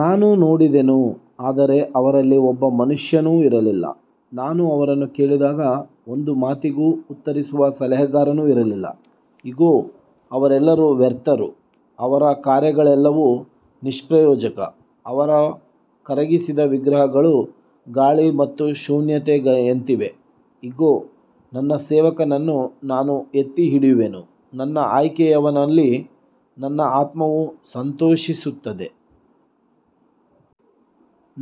ನಾನು ನೋಡಿದೆನು, ಆದರೆ ಅವರಲ್ಲಿ ಒಬ್ಬ ಮನುಷ್ಯನೂ ಇರಲಿಲ್ಲ. ನಾನು ಅವರನ್ನು ಕೇಳಿದಾಗ ಒಂದು ಮಾತಿಗೂ ಉತ್ತರಿಸುವ ಸಲಹೆಗಾರನೂ ಇರಲಿಲ್ಲ. ಇಗೋ, ಅವರೆಲ್ಲರೂ ವ್ಯರ್ಥರು. ಅವರ ಕಾರ್ಯಗಳೆಲ್ಲವೂ ನಿಷ್ಪ್ರಯೋಜಕ. ಅವರ ಕರಗಿಸಿದ ವಿಗ್ರಹಗಳು ಗಾಳಿ ಮತ್ತು ಶೂನ್ಯತೆಯಂತಿವೆ. ಇಗೋ, ನನ್ನ ಸೇವಕನನ್ನು ನಾನು ಎತ್ತಿಹಿಡಿಯುವೆನು. ನನ್ನ ಆಯ್ಕೆಯವನಲ್ಲಿ ನನ್ನ ಆತ್ಮವು ಸಂತೋಷಿಸುತ್ತದೆ.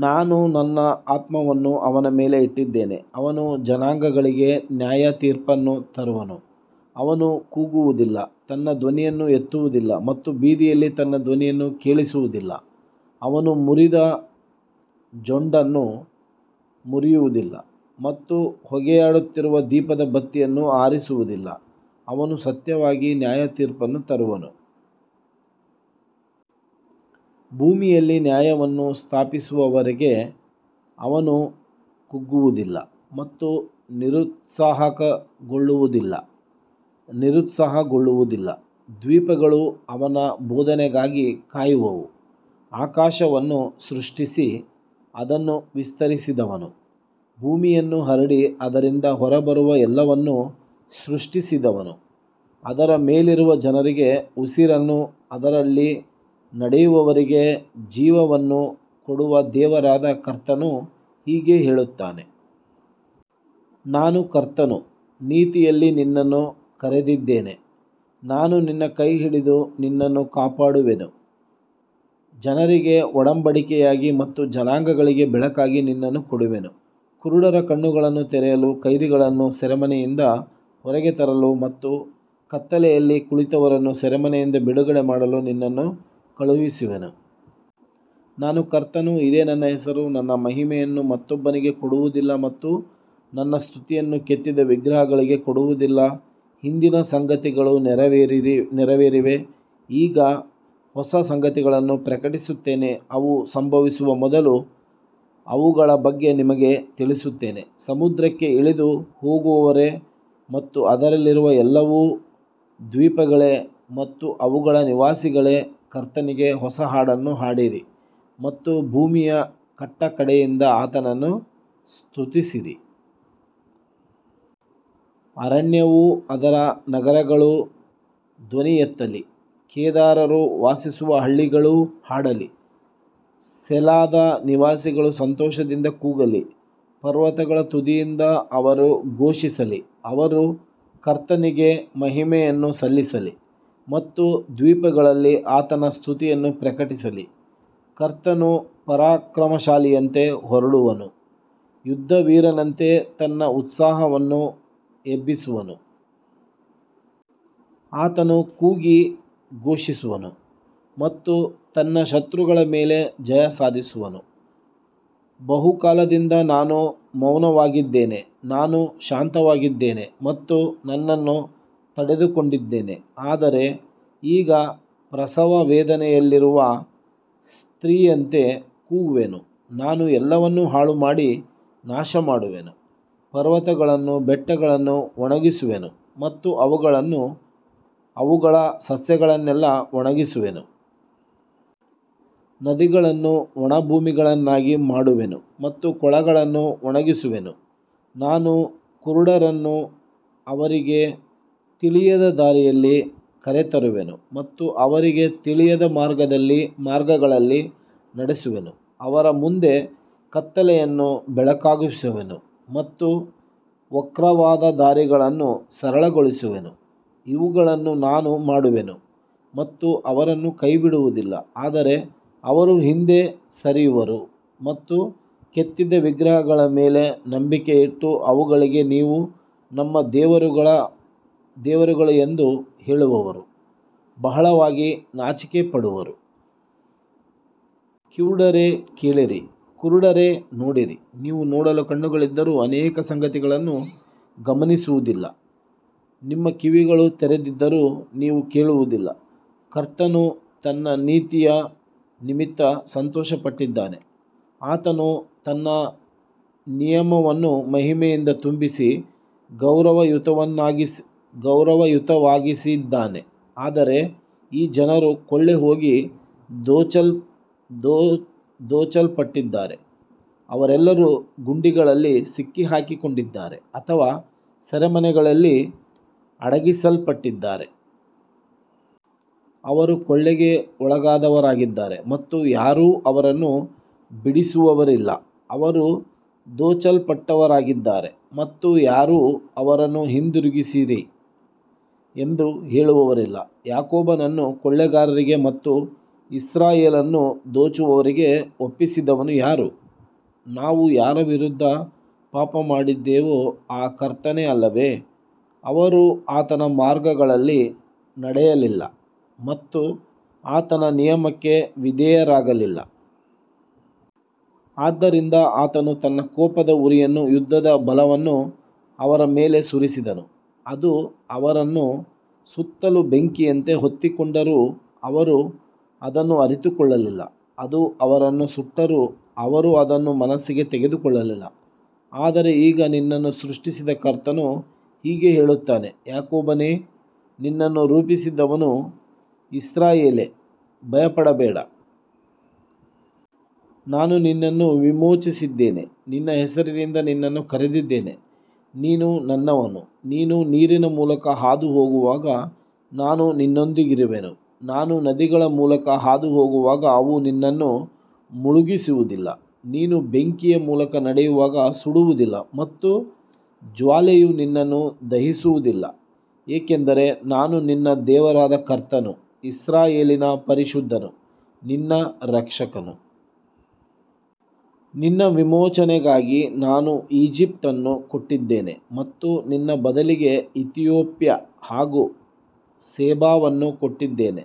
ನಾನು ನನ್ನ ಆತ್ಮವನ್ನು ಅವನ ಮೇಲೆ ಇಟ್ಟಿದ್ದೇನೆ. ಅವನು ಜನಾಂಗಗಳಿಗೆ ನ್ಯಾಯತೀರ್ಪನ್ನು ತರುವನು. ಅವನು ಕೂಗುವುದಿಲ್ಲ, ತನ್ನ ಧ್ವನಿಯನ್ನು ಎತ್ತುವುದಿಲ್ಲ ಮತ್ತು ಬೀದಿಯಲ್ಲಿ ತನ್ನ ಧ್ವನಿಯನ್ನು ಕೇಳಿಸುವುದಿಲ್ಲ. ಅವನು ಮುರಿದ ಜೊಂಡನ್ನು ಮುರಿಯುವುದಿಲ್ಲ ಮತ್ತು ಹೊಗೆಯಾಡುತ್ತಿರುವ ದೀಪದ ಬತ್ತಿಯನ್ನು ಆರಿಸುವುದಿಲ್ಲ. ಅವನು ಸತ್ಯವಾಗಿ ನ್ಯಾಯತೀರ್ಪನ್ನು ತರುವನು. ಭೂಮಿಯಲ್ಲಿ ನ್ಯಾಯವನ್ನು ಸ್ಥಾಪಿಸುವವರೆಗೆ ಅವನು ಕುಗ್ಗುವುದಿಲ್ಲ ಮತ್ತು ನಿರುತ್ಸಾಹಗೊಳ್ಳುವುದಿಲ್ಲ. ದ್ವೀಪಗಳು ಅವನ ಬೋಧನೆಗಾಗಿ ಕಾಯುವವು. ಆಕಾಶವನ್ನು ಸೃಷ್ಟಿಸಿ ಅದನ್ನು ವಿಸ್ತರಿಸಿದವನು, ಭೂಮಿಯನ್ನು ಹರಡಿ ಅದರಿಂದ ಹೊರಬರುವ ಎಲ್ಲವನ್ನೂ ಸೃಷ್ಟಿಸಿದವನು, ಅದರ ಮೇಲಿರುವ ಜನರಿಗೆ ಉಸಿರನ್ನೂ ಅದರಲ್ಲಿ ನಡೆಯುವವರಿಗೆ ಜೀವವನ್ನೂ ಕೊಡುವ ದೇವರಾದ ಕರ್ತನು ಹೀಗೆ ಹೇಳುತ್ತಾನೆ. ನಾನು ಕರ್ತನು, ನೀತಿಯಲ್ಲಿ ನಿನ್ನನ್ನು ಕರೆದಿದ್ದೇನೆ. ನಾನು ನಿನ್ನ ಕೈ ಹಿಡಿದು ನಿನ್ನನ್ನು ಕಾಪಾಡುವೆನು. ಜನರಿಗೆ ಒಡಂಬಡಿಕೆಯಾಗಿ ಮತ್ತು ಜನಾಂಗಗಳಿಗೆ ಬೆಳಕಾಗಿ ನಿನ್ನನ್ನು ಕೊಡುವೆನು. ಕುರುಡರ ಕಣ್ಣುಗಳನ್ನು ತೆರೆಯಲು, ಕೈದಿಗಳನ್ನು ಸೆರೆಮನೆಯಿಂದ ಹೊರಗೆ ತರಲು ಮತ್ತು ಕತ್ತಲೆಯಲ್ಲಿ ಕುಳಿತವರನ್ನು ಸೆರೆಮನೆಯಿಂದ ಬಿಡುಗಡೆ ಮಾಡಲು ನಿನ್ನನ್ನು ಕಳುಹಿಸುವೆನು. ನಾನು ಕರ್ತನು, ಇದೇ ನನ್ನ ಹೆಸರು. ನನ್ನ ಮಹಿಮೆಯನ್ನು ಮತ್ತೊಬ್ಬನಿಗೆ ಕೊಡುವುದಿಲ್ಲ ಮತ್ತು ನನ್ನ ಸ್ತುತಿಯನ್ನು ಕೆತ್ತಿದ ವಿಗ್ರಹಗಳಿಗೆ ಕೊಡುವುದಿಲ್ಲ. ಹಿಂದಿನ ಸಂಗತಿಗಳು ನೆರವೇರಿವೆ. ಈಗ ಹೊಸ ಸಂಗತಿಗಳನ್ನು ಪ್ರಕಟಿಸುತ್ತೇನೆ. ಅವು ಸಂಭವಿಸುವ ಮೊದಲು ಅವುಗಳ ಬಗ್ಗೆ ನಿಮಗೆ ತಿಳಿಸುತ್ತೇನೆ. ಸಮುದ್ರಕ್ಕೆ ಇಳಿದು ಹೋಗುವವರೇ ಮತ್ತು ಅದರಲ್ಲಿರುವ ಎಲ್ಲವೂ, ದ್ವೀಪಗಳೇ ಮತ್ತು ಅವುಗಳ ನಿವಾಸಿಗಳೇ, ಕರ್ತನಿಗೆ ಹೊಸ ಹಾಡನ್ನು ಹಾಡಿರಿ ಮತ್ತು ಭೂಮಿಯ ಕಟ್ಟಕಡೆಯಿಂದ ಆತನನ್ನು ಸ್ತುತಿಸಿರಿ. ಅರಣ್ಯವೂ ಅದರ ನಗರಗಳೂ ಧ್ವನಿ ಎತ್ತಲಿ. ಕೇದಾರರು ವಾಸಿಸುವ ಹಳ್ಳಿಗಳೂ ಹಾಡಲಿ. ಸೆಲಾದ ನಿವಾಸಿಗಳು ಸಂತೋಷದಿಂದ ಕೂಗಲಿ. ಪರ್ವತಗಳ ತುದಿಯಿಂದ ಅವರು ಘೋಷಿಸಲಿ. ಅವರು ಕರ್ತನಿಗೆ ಮಹಿಮೆಯನ್ನು ಸಲ್ಲಿಸಲಿ ಮತ್ತು ದ್ವೀಪಗಳಲ್ಲಿ ಆತನ ಸ್ತುತಿಯನ್ನು ಪ್ರಕಟಿಸಲಿ. ಕರ್ತನು ಪರಾಕ್ರಮಶಾಲಿಯಂತೆ ಹೊರಡುವನು. ಯುದ್ಧವೀರನಂತೆ ತನ್ನ ಉತ್ಸಾಹವನ್ನು ಎಬ್ಬಿಸುವನು. ಆತನು ಕೂಗಿ ಘೋಷಿಸುವನು ಮತ್ತು ತನ್ನ ಶತ್ರುಗಳ ಮೇಲೆ ಜಯ ಸಾಧಿಸುವನು. ಬಹುಕಾಲದಿಂದ ನಾನು ಮೌನವಾಗಿದ್ದೇನೆ. ನಾನು ಶಾಂತವಾಗಿದ್ದೇನೆ ಮತ್ತು ನನ್ನನ್ನು ತಡೆದುಕೊಂಡಿದ್ದೇನೆ. ಆದರೆ ಈಗ ಪ್ರಸವವೇದನೆಯಲ್ಲಿರುವ ಸ್ತ್ರೀಯಂತೆ ಕೂಗುವೆನು. ನಾನು ಎಲ್ಲವನ್ನೂ ಹಾಳುಮಾಡಿ ನಾಶಮಾಡುವೆನು. ಪರ್ವತಗಳನ್ನೂ ಬೆಟ್ಟಗಳನ್ನೂ ಒಣಗಿಸುವೆನು ಮತ್ತು ಅವುಗಳ ಸಸ್ಯಗಳನ್ನೆಲ್ಲ ಒಣಗಿಸುವೆನು. ನದಿಗಳನ್ನು ಒಣಭೂಮಿಗಳನ್ನಾಗಿ ಮಾಡುವೆನು ಮತ್ತು ಕೊಳಗಳನ್ನು ಒಣಗಿಸುವೆನು. ನಾನು ಕುರುಡರನ್ನು ಅವರಿಗೆ ತಿಳಿಯದ ದಾರಿಯಲ್ಲಿ ಕರೆತರುವೆನು ಮತ್ತು ಅವರಿಗೆ ತಿಳಿಯದ ಮಾರ್ಗಗಳಲ್ಲಿ ನಡೆಸುವೆನು. ಅವರ ಮುಂದೆ ಕತ್ತಲೆಯನ್ನು ಬೆಳಕಾಗಿಸುವೆನು ಮತ್ತು ವಕ್ರವಾದ ದಾರಿಗಳನ್ನು ಸರಳಗೊಳಿಸುವೆನು. ಇವುಗಳನ್ನು ನಾನು ಮಾಡುವೆನು ಮತ್ತು ಅವರನ್ನು ಕೈಬಿಡುವುದಿಲ್ಲ. ಆದರೆ ಅವರು ಹಿಂದೆ ಸರಿಯುವರು ಮತ್ತು ಕೆತ್ತಿದ ವಿಗ್ರಹಗಳ ಮೇಲೆ ನಂಬಿಕೆ ಇಟ್ಟು ಅವುಗಳಿಗೆ, ನೀವು ನಮ್ಮ ದೇವರುಗಳು ಎಂದು ಹೇಳುವವರು ಬಹಳವಾಗಿ ನಾಚಿಕೆಪಡುವರು. ಕಿವುಡರೇ, ಕೇಳಿರಿ. ಕುರುಡರೇ, ನೋಡಿರಿ. ನೀವು ನೋಡಲು ಕಣ್ಣುಗಳಿದ್ದರೂ ಅನೇಕ ಸಂಗತಿಗಳನ್ನು ಗಮನಿಸುವುದಿಲ್ಲ. ನಿಮ್ಮ ಕಿವಿಗಳು ತೆರೆದಿದ್ದರೂ ನೀವು ಕೇಳುವುದಿಲ್ಲ. ಕರ್ತನು ತನ್ನ ನೀತಿಯ ನಿಮಿತ್ತ ಸಂತೋಷಪಟ್ಟಿದ್ದಾನೆ. ಆತನು ತನ್ನ ನಿಯಮವನ್ನು ಮಹಿಮೆಯಿಂದ ತುಂಬಿಸಿ ಗೌರವಯುತವಾಗಿಸಿದ್ದಾನೆ. ಆದರೆ ಈ ಜನರು ಕೊಳ್ಳೆಹೋಗಿ ದೋಚಲ್ಪಟ್ಟಿದ್ದಾರೆ. ಅವರೆಲ್ಲರೂ ಗುಂಡಿಗಳಲ್ಲಿ ಸಿಕ್ಕಿಹಾಕಿಕೊಂಡಿದ್ದಾರೆ ಅಥವಾ ಸೆರೆಮನೆಗಳಲ್ಲಿ ಅಡಗಿಸಲ್ಪಟ್ಟಿದ್ದಾರೆ. ಅವರು ಕೊಳ್ಳೆಗೆ ಒಳಗಾದವರಾಗಿದ್ದಾರೆ ಮತ್ತು ಯಾರೂ ಅವರನ್ನು ಬಿಡಿಸುವವರಿಲ್ಲ. ಅವರು ದೋಚಲ್ಪಟ್ಟವರಾಗಿದ್ದಾರೆ ಮತ್ತು ಯಾರೂ, ಅವರನ್ನು ಹಿಂದಿರುಗಿಸಿರಿ ಎಂದು ಹೇಳುವವರಿಲ್ಲ. ಯಾಕೋಬನನ್ನು ಕೊಳ್ಳೆಗಾರರಿಗೆ ಮತ್ತು ಇಸ್ರಾಯೇಲನ್ನು ದೋಚುವವರಿಗೆ ಒಪ್ಪಿಸಿದವನು ಯಾರು? ನಾವು ಯಾರ ವಿರುದ್ಧ ಪಾಪಮಾಡಿದ್ದೇವೋ ಆ ಕರ್ತನೇ ಅಲ್ಲವೇ? ಅವರು ಆತನ ಮಾರ್ಗಗಳಲ್ಲಿ ನಡೆಯಲಿಲ್ಲ ಮತ್ತು ಆತನ ನಿಯಮಕ್ಕೆ ವಿಧೇಯರಾಗಲಿಲ್ಲ. ಆದ್ದರಿಂದ ಆತನು ತನ್ನ ಕೋಪದ ಉರಿಯನ್ನೂ ಯುದ್ಧದ ಬಲವನ್ನೂ ಅವರ ಮೇಲೆ ಸುರಿಸಿದನು. ಅದು ಅವರನ್ನು ಸುತ್ತಲೂ ಬೆಂಕಿಯಂತೆ ಹೊತ್ತಿಕೊಂಡರೂ ಅವರು ಅದನ್ನು ಅರಿತುಕೊಳ್ಳಲಿಲ್ಲ. ಅದು ಅವರನ್ನು ಸುಟ್ಟರೂ ಅವರು ಅದನ್ನು ಮನಸ್ಸಿಗೆ ತೆಗೆದುಕೊಳ್ಳಲಿಲ್ಲ. ಆದರೆ ಈಗ ನಿನ್ನನ್ನು ಸೃಷ್ಟಿಸಿದ ಕರ್ತನು ಹೀಗೆ ಹೇಳುತ್ತಾನೆ, ಯಾಕೋಬನೇ, ನಿನ್ನನ್ನು ರೂಪಿಸಿದವನು ಇಸ್ರಾಯೇಲೇ, ಭಯಪಡಬೇಡ. ನಾನು ನಿನ್ನನ್ನು ವಿಮೋಚಿಸಿದ್ದೇನೆ. ನಿನ್ನ ಹೆಸರಿನಿಂದ ನಿನ್ನನ್ನು ಕರೆದಿದ್ದೇನೆ. ನೀನು ನನ್ನವನು. ನೀನು ನೀರಿನ ಮೂಲಕ ಹಾದುಹೋಗುವಾಗ ನಾನು ನಿನ್ನೊಂದಿಗಿರುವೆನು. ನೀನು ನದಿಗಳ ಮೂಲಕ ಹಾದುಹೋಗುವಾಗ ಅವು ನಿನ್ನನ್ನು ಮುಳುಗಿಸುವುದಿಲ್ಲ. ನೀನು ಬೆಂಕಿಯ ಮೂಲಕ ನಡೆಯುವಾಗ ಸುಡುವುದಿಲ್ಲ ಮತ್ತು ಜ್ವಾಲೆಯು ನಿನ್ನನ್ನು ದಹಿಸುವುದಿಲ್ಲ. ಏಕೆಂದರೆ ನಾನು ನಿನ್ನ ದೇವರಾದ ಕರ್ತನು, ಇಸ್ರಾಯೇಲಿನ ಪರಿಶುದ್ಧನು, ನಿನ್ನ ರಕ್ಷಕನು. ನಿನ್ನ ವಿಮೋಚನೆಗಾಗಿ ನಾನು ಈಜಿಪ್ಟನ್ನು ಕೊಟ್ಟಿದ್ದೇನೆ ಮತ್ತು ನಿನ್ನ ಬದಲಿಗೆ ಇಥಿಯೋಪ್ಯಾ ಹಾಗೂ ಸೆಬಾವನ್ನು ಕೊಟ್ಟಿದ್ದೇನೆ.